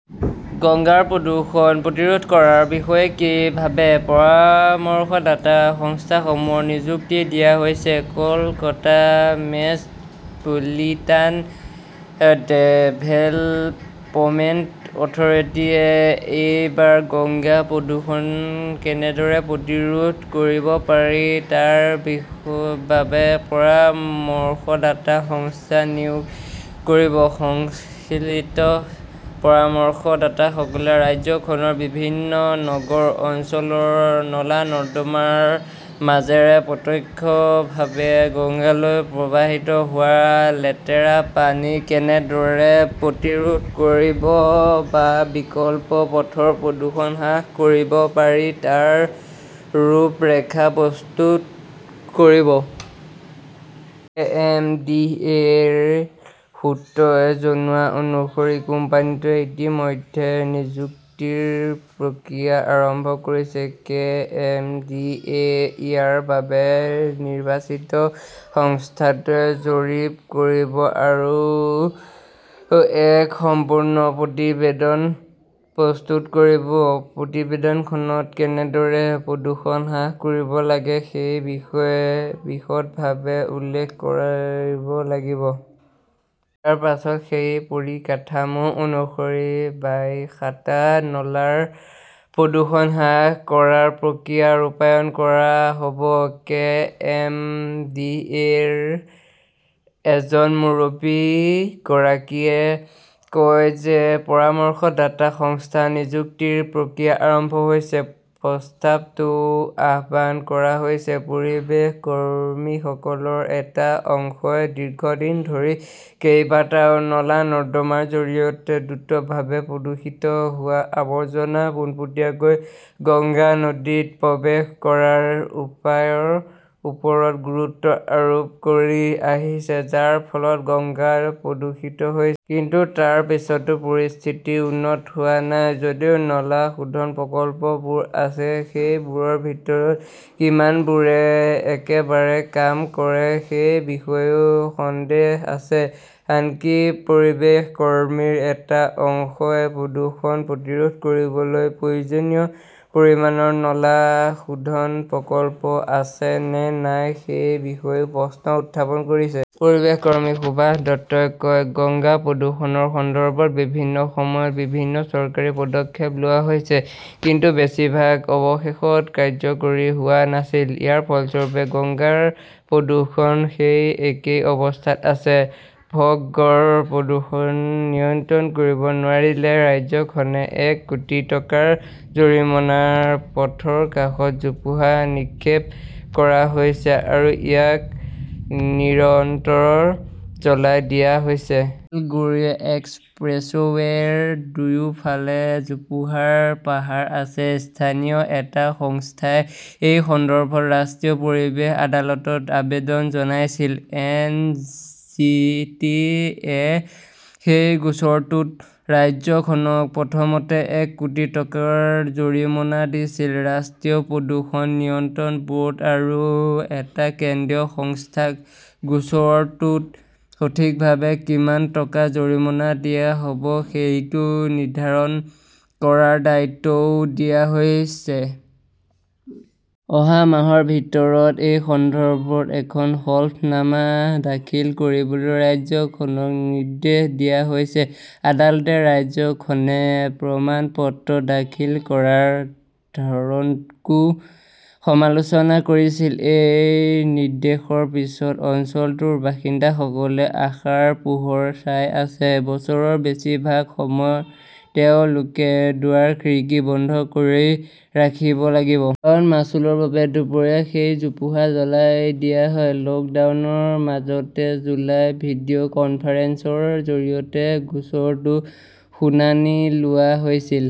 গংগাৰ প্ৰদূষণ প্ৰতিৰোধ কৰাৰ বিষয়ে কি ভাবে, পৰামৰ্শদাতা সংস্থাসমূহ নিযুক্তি দিয়া হৈছে Kolkata 'metropolitan development authority য়ে এইবাৰ গংগা প্ৰদূষণ কেনেদৰে প্ৰতিৰোধ কৰিব পাৰি তাৰ বাবে পৰামৰ্শদাতা সংস্থা নিয়োগ কৰিব। সংশ্লিষ্ট পৰামৰ্শদাতাসকলে ৰাজ্যখনৰ বিভিন্ন নগৰ অঞ্চলৰ নলা-নৰ্দমাৰ মাজেৰে প্ৰত্যক্ষভাৱে গংগালৈ প্ৰবাহিত হোৱা লেতেৰা পানী কেনেদৰে প্ৰতিৰোধ কৰিব বা বিকল্প পথত প্ৰদূষণ হ্ৰাস কৰিব পাৰি তাৰ ৰূপৰেখা প্ৰস্তুত কৰিব। কে. এম. ডি. এ. -ৰ সূত্ৰই জনোৱা অনুসৰি কোম্পানীটোৱে ইতিমধ্যে নিযুক্তিৰ প্ৰক্ৰিয়া আৰম্ভ কৰিছে। কে. এম. ডি. এ. ইয়াৰ বাবে নিৰ্বাচিত সংস্থাটোৱে জৰীপ কৰিব আৰু এক সম্পূৰ্ণ প্ৰতিবেদন প্ৰস্তুত কৰিব। প্ৰতিবেদনখনত কেনেদৰে প্ৰদূষণ হ্ৰাস কৰিব লাগে সেই বিষয়ে বিশদভাৱে উল্লেখ কৰিব লাগিব। ইয়াৰ পিছত সেই পৰিকাঠামো অনুসৰি বাইশটা নলাৰ প্ৰদূষণ হ্ৰাস কৰাৰ প্ৰক্ৰিয়া ৰূপায়ণ কৰা হ'ব। কে. এম. ডি. এ. -ৰ এজন মুৰব্বীগৰাকীয়ে কয়, পৰামৰ্শদাতা সংস্থা নিযুক্তিৰ প্ৰক্ৰিয়া আৰম্ভ হৈছে। প্ৰস্তাৱটোও আহ্বান কৰা হৈছে। পৰিৱেশ কৰ্মীসকলৰ এটা অংশই দীৰ্ঘদিন ধৰি কেইবাটাও নলা-নৰ্দমাৰ জৰিয়তে দ্ৰুতভাৱে প্ৰদূষিত হোৱা আৱৰ্জনা পোনপটীয়াকৈ গংগা নদীত প্ৰৱেশ কৰাৰ উপায়ৰ ওপৰত গুৰুত্ব আৰোপ কৰি আহিছে, যাৰ ফলত গংগা প্ৰদূষিত হৈছে। কিন্তু তাৰ পিছতো পৰিস্থিতি উন্নত হোৱা নাই। যদিও নলা শোধন প্ৰকল্পবোৰ আছে, সেইবোৰৰ ভিতৰত কিমানবোৰে একেবাৰে কাম কৰে সেই বিষয়েও সন্দেহ আছে। আনকি পৰিৱেশ কৰ্মীৰ এটা অংশই প্ৰদূষণ প্ৰতিৰোধ কৰিবলৈ প্ৰয়োজনীয় পৰিমাণৰ নলা শোধন প্ৰকল্প আছে নে নাই সেই বিষয়েও প্ৰশ্ন উত্থাপন কৰিছে। পৰিৱেশ কৰ্মী সুভাষ দত্তই কয়, গংগা প্ৰদূষণৰ সন্দৰ্ভত বিভিন্ন সময়ত বিভিন্ন চৰকাৰী পদক্ষেপ লোৱা হৈছে। কিন্তু বেছিভাগ অৱশেষত কাৰ্যকৰী হোৱা নাছিল। ইয়াৰ ফলস্বৰূপে, গংগাৰ প্ৰদূষণ সেই একেই অৱস্থাত আছে। ভগড়ৰ প্ৰদূষণ নিয়ন্ত্ৰণ কৰিব নোৱাৰিলে, ৰাজ্যখনে এক কোটি টকাৰ জৰিমনা পথৰ কাষত জোপোহা নিক্ষেপ কৰা হৈছে আৰু ইয়াক নিৰন্তৰ জ্বলাই দিয়া হৈছে। বেলগাৰিয়া এক্সপ্ৰেছৱে 'ৰ দুয়োফালে জোপোহাৰ পাহাৰ আছে। স্থানীয় এটা সংস্থাই এই সন্দৰ্ভত ৰাষ্ট্ৰীয় পৰিৱেশ আদালতত আবেদন জনাইছিল। এন. জি. টি. -য়ে সেই গোচৰটোত ৰাজ্যখনক প্ৰথমতে এক কোটি টকাৰ জৰিমনা দিছিল। ৰাষ্ট্ৰীয় প্ৰদূষণ নিয়ন্ত্ৰণ বৰ্ড আৰু এটা কেন্দ্ৰীয় সংস্থাক গোচৰটোত সঠিকভাৱে কিমান টকা জৰিমনা দিয়া হব সেইটো নিৰ্ধাৰণ কৰাৰ দায়িত্বও দিয়া হৈছে। অহা মাহৰ ভিতৰত এই সন্দৰ্ভত এখন হলফনামা দাখিল কৰিবলৈ ৰাজ্যখনক নিৰ্দেশ দিয়া হৈছে। আদালতে ৰাজ্যখনে প্ৰমাণপত্ৰ দাখিল কৰাৰ ধৰণকো সমালোচনা কৰিছিল। এই নিৰ্দেশৰ পিছত অঞ্চলটোৰ বাসিন্দাসকলে আশাৰ পোহৰ চাই আছে। বছৰৰ বেছিভাগ সময় তেওঁলোকে দুৱাৰ-খিৰিকী বন্ধ কৰি ৰাখিব লাগিব। কাৰণ, মাচুলৰ বাবে দুপৰীয়া সেই জোপোহা জ্বলাই দিয়া হয়। লকডাউনৰ মাজতে জুলাইত ভিডিঅ 'কনফাৰেন্সৰ জৰিয়তে গোচৰটোৰ শুনানি লোৱা হৈছিল।